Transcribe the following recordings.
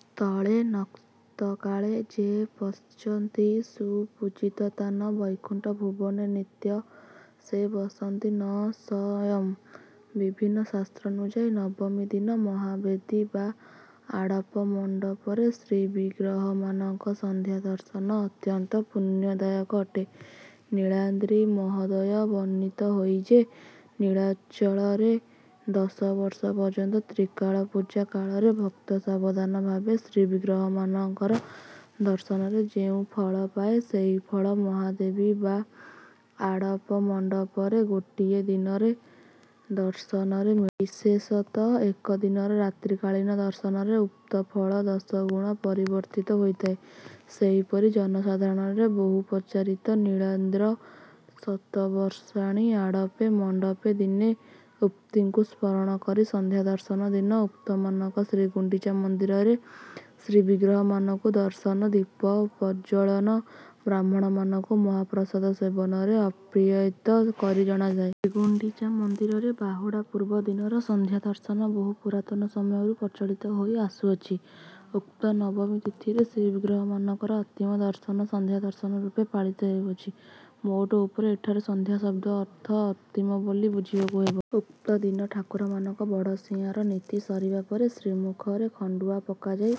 ସ୍ଥଳେ ନକ୍ତକାଳେ ଯେ ପଶ୍ୟନ୍ତି ସୁପୂଜିତାନ୍ ବୈକୁଣ୍ଠ ଭୁବନେ ନିତ୍ୟଂ ତେ ବସନ୍ତି ନ ସଂଶୟଃ। ବିଭିନ୍ନ ଶାସ୍ତ୍ରାନୁଯାୟୀ ନବମୀ ଦିନ ମହାବେଦୀ ବା ଆଡ଼ପ ମଣ୍ଡପରେ ଶ୍ରୀବିଗ୍ରହମାନଙ୍କ ସନ୍ଧ୍ୟା ଦର୍ଶନ ଅତ୍ୟନ୍ତ ପୁଣ୍ୟଦାୟକ ଅଟେ। ନୀଳାଦ୍ରି ମହୋଦୟରେ ବର୍ଣ୍ଣିତ ହୋଇଛି ଯେ, ନୀଳାଚଳରେ ଦଶ ବର୍ଷ ପର୍ଯ୍ୟନ୍ତ ତ୍ରିକାଳ ପୂଜା କାଳରେ ଭକ୍ତ ସାବଧାନ ଭାବେ ଶ୍ରୀବିଗ୍ରହମାନଙ୍କର ଦର୍ଶନରେ ଯେଉଁ ଫଳ ପାଏ, ସେହି ଫଳ ମହାବେଦୀ ବା ଆଡ଼ପ ମଣ୍ଡପରେ ଗୋଟିଏ ଦିନର ଦର୍ଶନରେ ବିଶେଷତଃ ଏକ ଦିନର ରାତ୍ରିକାଳୀନ ଦର୍ଶନରେ ଉକ୍ତ ଫଳ ଦଶଗୁଣ ପରିବର୍ଦ୍ଧିତ ହୋଇଥାଏ। ସେହିପରି ଜନସାଧାରଣରେ ବହୁ ପ୍ରଚାରିତ ନୀଳାଦ୍ରୌ ଶତବର୍ଷାଣି ଆଡ଼ପେ ମଣ୍ଡପେ ଦିନେ ଉକ୍ତିକୁ ସ୍ମରଣ କରି ସନ୍ଧ୍ୟା ଦର୍ଶନ ଦିନ ଭକ୍ତମାନଙ୍କର ଶ୍ରୀଗୁଣ୍ଡିଚା ମନ୍ଦିରରେ ଶ୍ରୀବିଗ୍ରହମାନଙ୍କୁ ଦର୍ଶନ, ଦୀପ ପ୍ରଜ୍ଜ୍ୱଳନ, ବ୍ରାହ୍ମଣମାନଙ୍କୁ ମହାପ୍ରସାଦ ସେବନରେ ଅପ୍ୟାୟିତ କରିଥିବା ଜଣାଯାଏ। ଶ୍ରୀଗୁଣ୍ଡିଚା ମନ୍ଦିରରେ ବାହୁଡ଼ା ପୂର୍ବ ଦିନର ସନ୍ଧ୍ୟା ଦର୍ଶନ ବହୁ ପୁରାତନ ସମୟରୁ ପ୍ରଚଳିତ ହୋଇ ଆସୁଅଛି। ଉକ୍ତ ନବମୀ ତିଥିରେ ଶ୍ରୀବିଗ୍ରହମାନଙ୍କର ଅନ୍ତିମ ଦର୍ଶନ ସନ୍ଧ୍ୟା ଦର୍ଶନ ରୂପେ ପାଳିତ ହେଉଅଛି। ମୋଟ ଉପରେ ଏଠାରେ ସନ୍ଧ୍ୟା ଶବ୍ଦର ଅର୍ଥ ଅନ୍ତିମ ବୋଲି ବୁଝିବାକୁ ହେବ। ଉକ୍ତଦିନ ଠାକୁରମାନଙ୍କ ବଡ଼ସିଂହାର ନୀତି ସରିବା ପରେ ଶ୍ରୀମୁଖରେ ଖଣ୍ଡୁଆ ପକାଯାଇ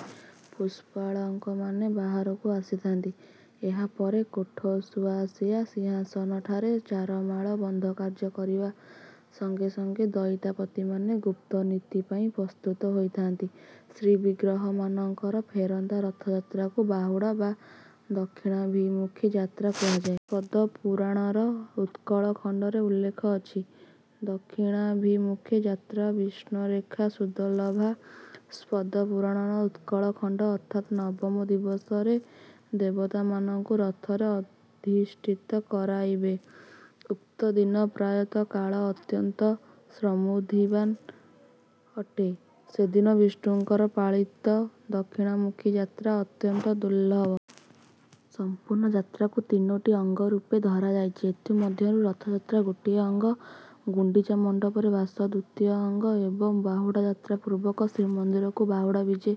ପୁଷ୍ପାଳକମାନେ ବାହାରକୁ ଆସିଥାନ୍ତି। ଏହା ପରେ କୋଠ ସୁଆଁସିଆ ସିଂହାସନଠାରେ ଚାରମାଳ ବନ୍ଧା କାର୍ଯ୍ୟ କରିବା ସଙ୍ଗେ ସଙ୍ଗେ ଦଇତାପତିମାନେ ଗୁପ୍ତ ନୀତି ପାଇଁ ପ୍ରସ୍ତୁତ ହୋଇଥାନ୍ତି। ଶ୍ରୀବିଗ୍ରହମାନଙ୍କର ଫେରନ୍ତା ରଥଯାତ୍ରାକୁ ବାହୁଡ଼ା ବା ଦକ୍ଷିଣାଭିମୁଖୀ ଯାତ୍ରା କୁହାଯାଏ। ସ୍କନ୍ଧ ପୁରାଣର ଉତ୍କଳ ଖଣ୍ଡରେ ଉଲ୍ଲେଖ ଅଛି ଦକ୍ଷିଣାଭିମୁଖୀ ଯାତ୍ରା ବିଷ୍ଣୋରେଷା ସୁଦୁର୍ଲଭା। ସ୍କନ୍ଧ ପୁରାଣ, ଉତ୍କଳ ଖଣ୍ଡ ଅର୍ଥାତ ନବମ ଦିବସରେ ଦେବତାମାନଙ୍କୁ ରଥରେ ଅଧିଷ୍ଠିତ କରାଇବେ। ଉକ୍ତ ଦିନ ପ୍ରାତଃ କାଳ ଅତ୍ୟନ୍ତ ସମୃଦ୍ଧିବାନ୍ ଅଟେ। ସେଦିନ ବିଷ୍ଣୁଙ୍କର ପାଲିତ ଦକ୍ଷିଣାମୁଖୀ ଯାତ୍ରା ଅତ୍ୟନ୍ତ ଦୁର୍ଲଭ। ସମ୍ପୂର୍ଣ୍ଣ ଯାତ୍ରାକୁ ତିନୋଟି ଅଙ୍ଗ ରୂପେ ଧରାଯାଇଛି। ଏଥିମଧ୍ୟରୁ ରଥଯାତ୍ରା ଗୋଟିଏ ଅଙ୍ଗ, ଗୁଣ୍ଡିଚା ମଣ୍ଡପରେ ବାସ ଦ୍ୱିତୀୟ ଅଙ୍ଗ ଏବଂ ବାହୁଡ଼ା ଯାତ୍ରା ପୂର୍ବକ ଶ୍ରୀମନ୍ଦିରକୁ ବାହୁଡ଼ା ବିଜେ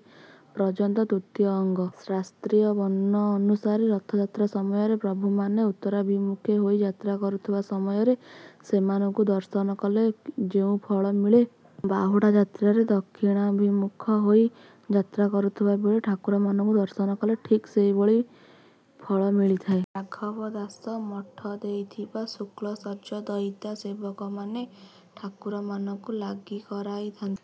ପର୍ଯ୍ୟନ୍ତ ତୃତୀୟ ଅଙ୍ଗ। ଶାସ୍ତ୍ରୀୟ ବର୍ଣ୍ଣନାନୁସାରେ ରଥଯାତ୍ରା ସମୟରେ ପ୍ରଭୁମାନେ ଉତ୍ତରାଭିମୁଖୀ ହୋଇ ଯାତ୍ରା କରୁଥିବା ସମୟରେ ସେମାନଙ୍କୁ ଦର୍ଶନ କଲେ ଯେଉଁ ଫଳ ମିଳେ, ବାହୁଡ଼ା ଯାତ୍ରାରେ ଦକ୍ଷିଣାଭିମୁଖ ହୋଇ ଯାତ୍ରା କରୁଥିବା ବେଳେ ଠାକୁରମାନଙ୍କୁ ଦର୍ଶନ କଲେ ଠିକ୍ ସେହିପରି ଫଳ ମିଳିଥାଏ। ରାଘବ ଦାସ ମଠ ଦେଇଥିବା ଶୁକ୍ଳ ସଜକୁ ଦଇତା ସେବକମାନେ ଠାକୁରମାନଙ୍କୁ ଲାଗି କରାଇଥାନ୍ତି।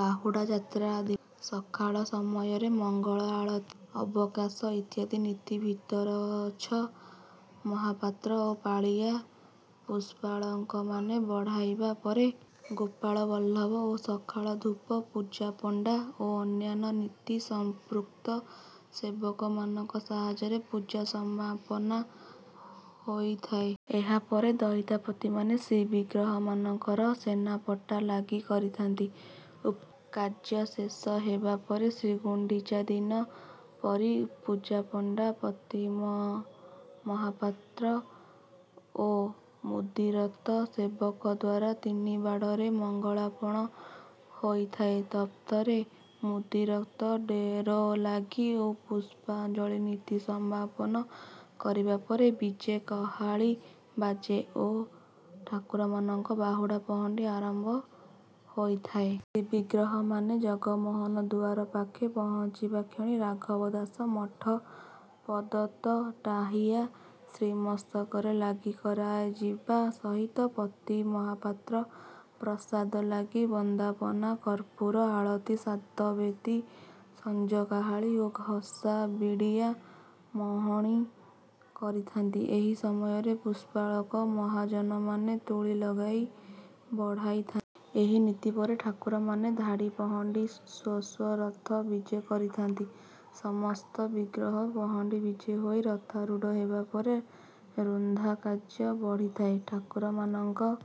ବାହୁଡ଼ା ଯାତ୍ରା ଦିନ ସକାଳ ସମୟରେ ମଙ୍ଗଳ ଆଳତି, ଅବକାଶ ଇତ୍ୟାଦି ନୀତି ଭିତରଚ୍ଛ ମହାପାତ୍ର ଓ ପାଳିଆ ପୁଷ୍ପାଳକମାନେ ବଢ଼ାଇବା ପରେ ଗୋପାଳ ବଲ୍ଲଭ ଓ ସକାଳ ଧୂପ ପୂଜାପଣ୍ଡା ଓ ଅନ୍ୟାନ୍ୟ ନୀତି ସମ୍ପୃକ୍ତ ସେବକମାନଙ୍କ ସାହାଯ୍ୟରେ ପୂଜା ସମାପନ ହୋଇଥାଏ। ଏହା ପରେ ଦଇତାପତିମାନେ ଶ୍ରୀବିଗ୍ରହମାନଙ୍କର ସେନାପଟା ଲାଗି କରିଥାନ୍ତି। ଉକ୍ତ କାର୍ଯ୍ୟ ଶେଷ ହେବାପରେ ଶ୍ରୀଗୁଣ୍ଡିଚା ଦିନ ପରି ପୂଜାପଣ୍ଡା, ପତିମହାପାତ୍ର ଓ ମୁଦିରସ୍ତ ସେବକଙ୍କ ଦ୍ୱାରା ତିନିବାଡ଼ରେ ମଙ୍ଗଳାର୍ପଣ ହୋଇଥାଏ। ତତ୍ପରେ ମୁଦିରସ୍ତ ଡୋରଲାଗି ଓ ପୁଷ୍ପାଞ୍ଜଳି ନୀତି ସମାପନ କରିବା ପରେ ବିଜେ କାହାଳୀ ବାଜେ ଓ ଠାକୁରମାନଙ୍କର ବାହୁଡ଼ା ପହଣ୍ଡି ଆରମ୍ଭ ହୋଇଥାଏ। ଶ୍ରୀବିଗ୍ରହମାନେ ଜଗମୋହନ ଦୁଆର ପାଖେ ପହଞ୍ଚିବା କ୍ଷଣି ରାଘବ ଦାସ ମଠ ପ୍ରଦତ୍ତ ଟାହିଆ ଶ୍ରୀମସ୍ତକରେ ଲାଗି କରାଯିବା ସହିତ, ପତି ମହାପାତ୍ର ପ୍ରସାଦ ଲାଗି, ବନ୍ଦାପନା, କର୍ପୂର ଆଳତି, ସାତବତୀ, ସଞ୍ଜ କାହାଳୀ ଓ ଘସା, ବିଡ଼ିଆ ମଣୋହି କରିଥାନ୍ତି। ଏହି ସମୟରେ ପୁଷ୍ପାଳକ ମହାଜନମାନେ ତୁଳି ଲାଗି ବଢ଼ାଇଥାନ୍ତି। ଏହି ନୀତି ପରେ ଠାକୁରମାନେ ଧାଡ଼ି ପହଣ୍ଡିରେ ସ୍ୱ ସ୍ୱ ରଥକୁ ବିଜେ କରିଥାନ୍ତି। ସମସ୍ତ ବିଗ୍ରହ ପହଣ୍ଡି ବିଜେ ହୋଇ ରଥାରୂଢ଼ ହେବାପରେ ରୁନ୍ଧା କାର୍ଯ୍ୟ ବଢ଼ିଥାଏ। ଠାକୁରମାନଙ୍କ